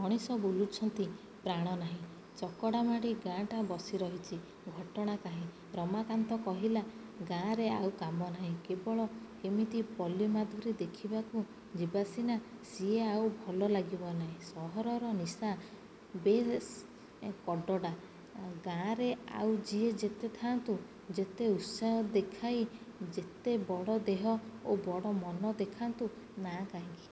ମଣିଷ ବୁଲୁଛନ୍ତି-ପ୍ରାଣ ନାହିଁ। ଚକଡ଼ା ମାଡ଼ି ଗାଁଆଟା ବସି ରହିଛି-ଘଟଣା କାହିଁ? ରମାକାନ୍ତ କହିଲା। -ଗାଁରେ ଆଉ କାମ ନାହିଁ। କେବଳ କେମିତି ପଲ୍ଲୀ ମାଧୁରୀ ଦେଖିବାକୁ ଯିବା ସିନା। ସିଏ ଆଉ ଭଲ ଲାଗିବ ନାହିଁ। ସହରର ନିଶା ବେଶ୍ କଡ଼୍ଡ଼ା। ଗାଁରେ ଆଉ ଯିଏ ଯେତେ ଥାଆନ୍ତୁ-ଯେତେ ଉତ୍ସାହ ଦେଖାଇ ଯେତେ ବଡ଼ ଦେହ ଓ ବଡ଼ ମନ ଦେଖାନ୍ତୁ ନା କାହିଁକି?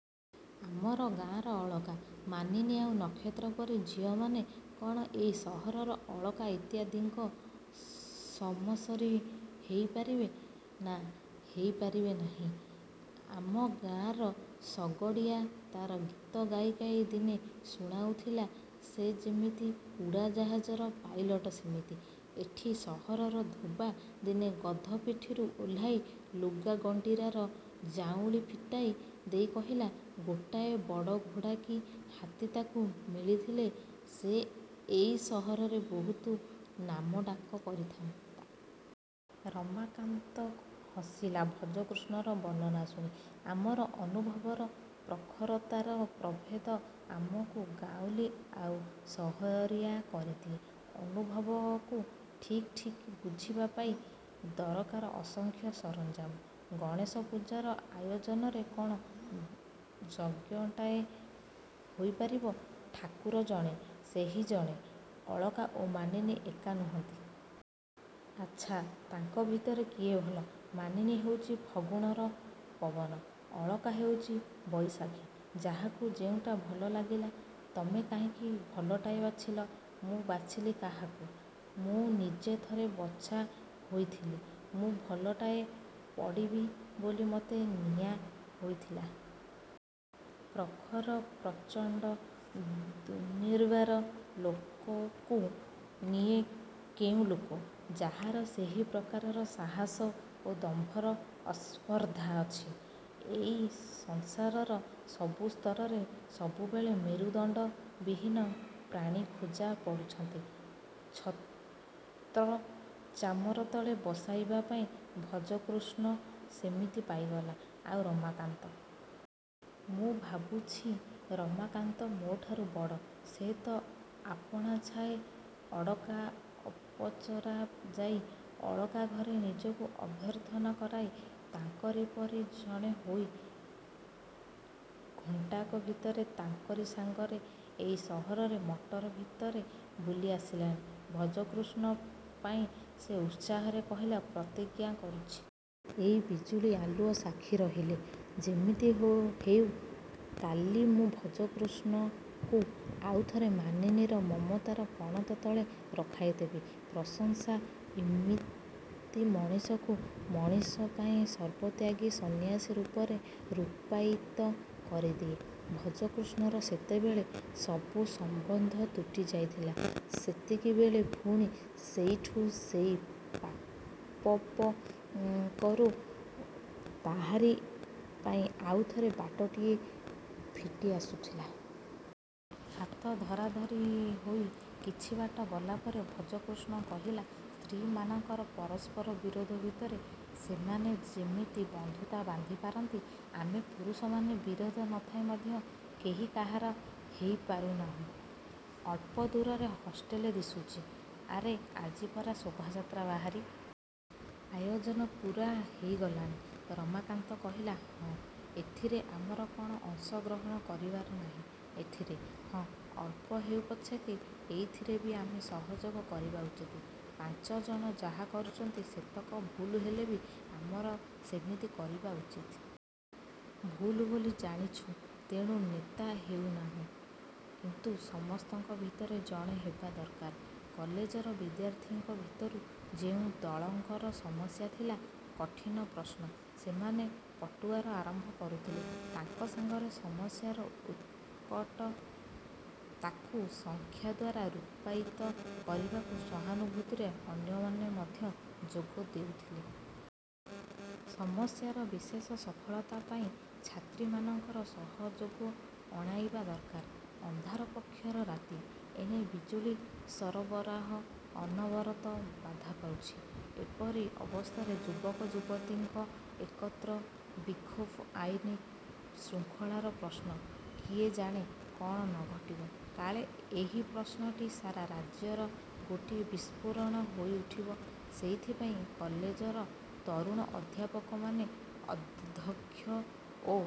-ଆମର ଗାଁର ଅଳକା, ମାନିନୀ ଆଉ ନକ୍ଷତ୍ର ପରି ଝିଅମାନେ କ'ଣ ଏଇ ସହରର ଅଳକା ଇତ୍ୟାଦିଙ୍କ ସମସରି ହେଇପାରିବେ? -ନା, ହେଇ ପାରିବେ ନାହିଁ। ଆମ ଗାଁର ଶଗଡ଼ିଆ ତାର ଗୀତ ଗାଇ ଗାଇ ଦିନେ ଶୁଣାଉଥିଲା ସେ ଯେମିତି-ଉଡ଼ାଜାହାଜର ପାଇଲଟ୍ ସେମିତି। ଏଠି ସହରର ଧୋବା ଦିନେ ଗଧ ପିଠିରୁ ଓହ୍ଲାଇ ଲୁଗା ଗଣ୍ଡିରାର ଜାଉଁଳି ଫିଟାଇ ଦେଇ କହିଲା-ଗୋଟାଏ ବଡ଼ ଘୋଡ଼ା କି ହାତୀ ତାକୁ ମିଳିଥିଲେ ସେ ଏଇ ସହରରେ ବହୁତ ନାମ ଡାକ କରିଥାନ୍ତା। ରମାକାନ୍ତ ହସିଲା ଭଜକୃଷ୍ଣର ବର୍ଣ୍ଣନା ଶୁଣି। -ଆମର ଅନୁଭବର ପ୍ରଖରତାର ପ୍ରଭେଦ ଆମକୁ ଗାଉଁଲି ଆଉ ସହରିଆ କରିଦିଏ। ଅନୁଭବକୁ ଠିକ୍ ଠିକ୍ ବୁଝିବା ପାଇଁ ଦରକାର ଅସଂଖ୍ୟ ସରଞ୍ଜାମ। ଗଣେଶ ପୂଜାର ଆୟୋଜନରେ କ'ଣ ଯଜ୍ଞଟାଏ ହୋଇପାରିବ? ଠାକୁର ଜଣେ-ସେହି ଜଣେ। ଅଳକା ଓ ମାନିନୀ ଏକା ନୁହନ୍ତି। -ଆଚ୍ଛା, ତାଙ୍କ ଭିତରେ କିଏ ଭଲ? -ମାନିନୀ ହେଉଛି ଫଗୁଣର ପବନ। ଅଳକା ହେଉଛି ବଇଶାଖି। ଯାହାକୁ ଯେଉଁଟା ଭଲ ଲାଗିଲା। -ତମେ କାହିଁକି ଭଲଟାଏ ବାଛିଲ? -ମୁଁ ବାଛିଲି କାହାକୁ? ମୁଁ ନିଜେ ଥରେ ବଛା ହୋଇଥିଲି। ମୁଁ ଭଲଟାଏ ପଡ଼ିବି ବୋଲି ମତେ ନିଆ ହୋଇଥିଲା। ପ୍ରଖର, ପ୍ରଚଣ୍ଡ, ଦୁନିର୍ବାର ଲୋକକୁ ନିଏ କେଉଁ ଲୋକ? -ଯାହାର ସେହି ପ୍ରକାରର ସାହସ ଓ ଦମ୍ଭର ଅସ୍ପର୍ଦ୍ଧା ଅଛି। ଏଇ ସଂସାରର ସବୁ ସ୍ତରରେ ସବୁବେଳେ ମେରୁଦଣ୍ଡ-ବିହୀନ ପ୍ରାଣୀ ଖୋଜା ପଡ଼ୁଛନ୍ତି ଛତ୍ର ଚାମର ତଳେ ବସାଇବା ପାଇଁ। ଭଜକୃଷ୍ଣ ସେମିତି ପାଇଗଲା। -ଆଉ ରମାକାନ୍ତ? -ମୁଁ ଭାବୁଛି ରମାକାନ୍ତ ମୋଠାରୁ ବଡ଼। ସେ ତ ଆପାଣାଛାଏଁ ଅଡ଼କା ଅପଚରା ଯାଇ ଅଳକା ଘରେ ନିଜକୁ ଅଭ୍ୟର୍ଥନା କରାଇ ତାଙ୍କରି ପରି ଜଣେ ହୋଇ ଘଣ୍ଟାକ ଭିତରେ ତାଙ୍କରି ସାଙ୍ଗରେ ଏଇ ସହରରେ ମଟର ଭିତରେ ବୁଲି ଆସିଲାଣି। ଭଜକୃଷ୍ଣ ପାଇଁ ସେ ଉତ୍ସାହରେ କହିଲା-ପ୍ରତିଜ୍ଞା କରୁଛି। ଏଇ ବିଜୁଳି ଆଲୁଅ ସାକ୍ଷୀ ରହିଲେ-ଯେମିତି ହେଉ କାଲି ମୁଁ ଭଜକୃଷ୍ଣକୁ ଆଉ ଥରେ ମାନିନୀର ମମତାର ପଣତ ତଳେ ରଖାଇଦେବି। ପ୍ରଶଂସା ଏମିତି ମଣିଷକୁ ମଣିଷ ପାଇଁ ସର୍ବତ୍ୟାଗୀ ସନ୍ନ୍ୟାସୀ ରୂପରେ ରୂପାୟିତ କରିଦିଏ। ଭଜକୃଷ୍ଣର ଯେତେବେଳେ ସବୁ ସମ୍ୱନ୍ଧ ତୁଟି ଯାଇଥିଲା ସେତିକିବେଳେ ପୁଣି ସେଇଠୁ ସେଇ ପାପପଙ୍କରୁ ତାହାରି ପାଇଁ ଆଉଥରେ ବାଟଟିଏ ଫିଟି ଆସୁଥିଲା। ହାତ ଧରାଧରି ହୋଇ କିଛି ବାଟ ଗଲା ପରେ ଭଜକୃଷ୍ଣ କହିଲା ସ୍ତ୍ରୀମାନଙ୍କର ପରସ୍ପର ବିରୋଧ ଭିତରେ ସେମାନେ ଯେମିତି ବନ୍ଧୁତା ବାନ୍ଧି ପାରନ୍ତି ଆମେ ପୁରୁଷମାନେ ବିରୋଧ ନ ଥାଇ ମଧ୍ୟ କେହି କାହାର ହେଇ ପାରୁନାହୁଁ। ଅଳ୍ପ ଦୂରରେ ହଷ୍ଟେଲ ଦିଶୁଛି। -ଆରେ ଆଜି ପରା ଶୋଭାଯାତ୍ରା ବାହାରିବ ପରୀକ୍ଷାର କଷ୍ଟକର ପ୍ରଶ୍ନପତ୍ର ପାଇଁ? ଆୟୋଜନ ପୂରା ହେଇଗଲାଣି-ରମାକାନ୍ତ କହିଲା। -ହଁ। -ଏଥିରେ ଆମର କ'ଣ ଅଂଶ ଗ୍ରହଣ କରିବାର ନାହିଁ? -ଏଥିରେ? -ହଁ, ଅଳ୍ପ ହେଉ ପଛକେ ଏଇଥିରେ ବି ଆମେ ସହଯୋଗ କରିବା ଉଚିତ୍। ପାଞ୍ଚଜଣ ଯାହା କରୁଛନ୍ତି ସେତକ ଭୁଲ୍ ହେଲେ ବି ଆମର ସେମିତି କରିବା ଉଚିତ୍। ଭୁଲ୍ ବୋଲି ଜାଣିଛୁ ତେଣୁ ନେତା ହେଉ ନାହୁଁ। କିନ୍ତୁ ସମସ୍ତଙ୍କ ଭିତରେ ଜଣେ ହେବା ଦରକାର। କଲେଜର ବିଦ୍ୟାର୍ଥୀଙ୍କ ଭିତରୁ ଯେଉଁ ଦଳଙ୍କର ସମସ୍ୟା ଥିଲା କଠିନ ପ୍ରଶ୍ନ-ସେମାନେ ପଟୁଆର ଆରମ୍ଭ କରୁଥିଲେ। ତାଙ୍କ ସାଙ୍ଗରେ ସମସ୍ୟାର ଉତ୍କଟତାକୁ ସଂଖ୍ୟା ଦ୍ୱାରା ରୂପାୟିତ କରିବାକୁ ସହାନୁଭୂତିରେ ଅନ୍ୟମାନେ ମଧ୍ୟ ଯୋଗ ଦେଉଥିଲେ। ସମସ୍ୟାର ବିଶେଷ ସଫଳତା ପାଇଁ ଛାତ୍ରୀମାନଙ୍କର ସହଯୋଗ ଅଣାଇବା ଦରକାର। ଅନ୍ଧାର ପକ୍ଷର ରାତି। ଏଣେ ବିଜୁଳି ସରବରାହ ଅନବରତ ବାଧା ପାଉଛି। ଏପରି ଅବସ୍ଥାରେ ଯୁବକ ଯୁବତୀଙ୍କ -ଏକତ୍ର ବିକ୍ଷୋଭ ଆଇନ ଶୃଙ୍ଗଳାର ପ୍ରଶ୍ନ। କିଏ ଜାଣେ କ'ଣ ନ ଘଟିବ? କାଳେ ଏହି ପ୍ରଶ୍ନଟି ସାରା ରାଜ୍ୟର ଗୋଟିଏ ବିସ୍ଫୋରଣ ହୋଇ ଉଠିବ ସେଥିପାଇଁ କଲେଜର ତରୁଣ ଅଧ୍ୟାପକମାନେ, ଅଧ୍ୟକ୍ଷ ଓ।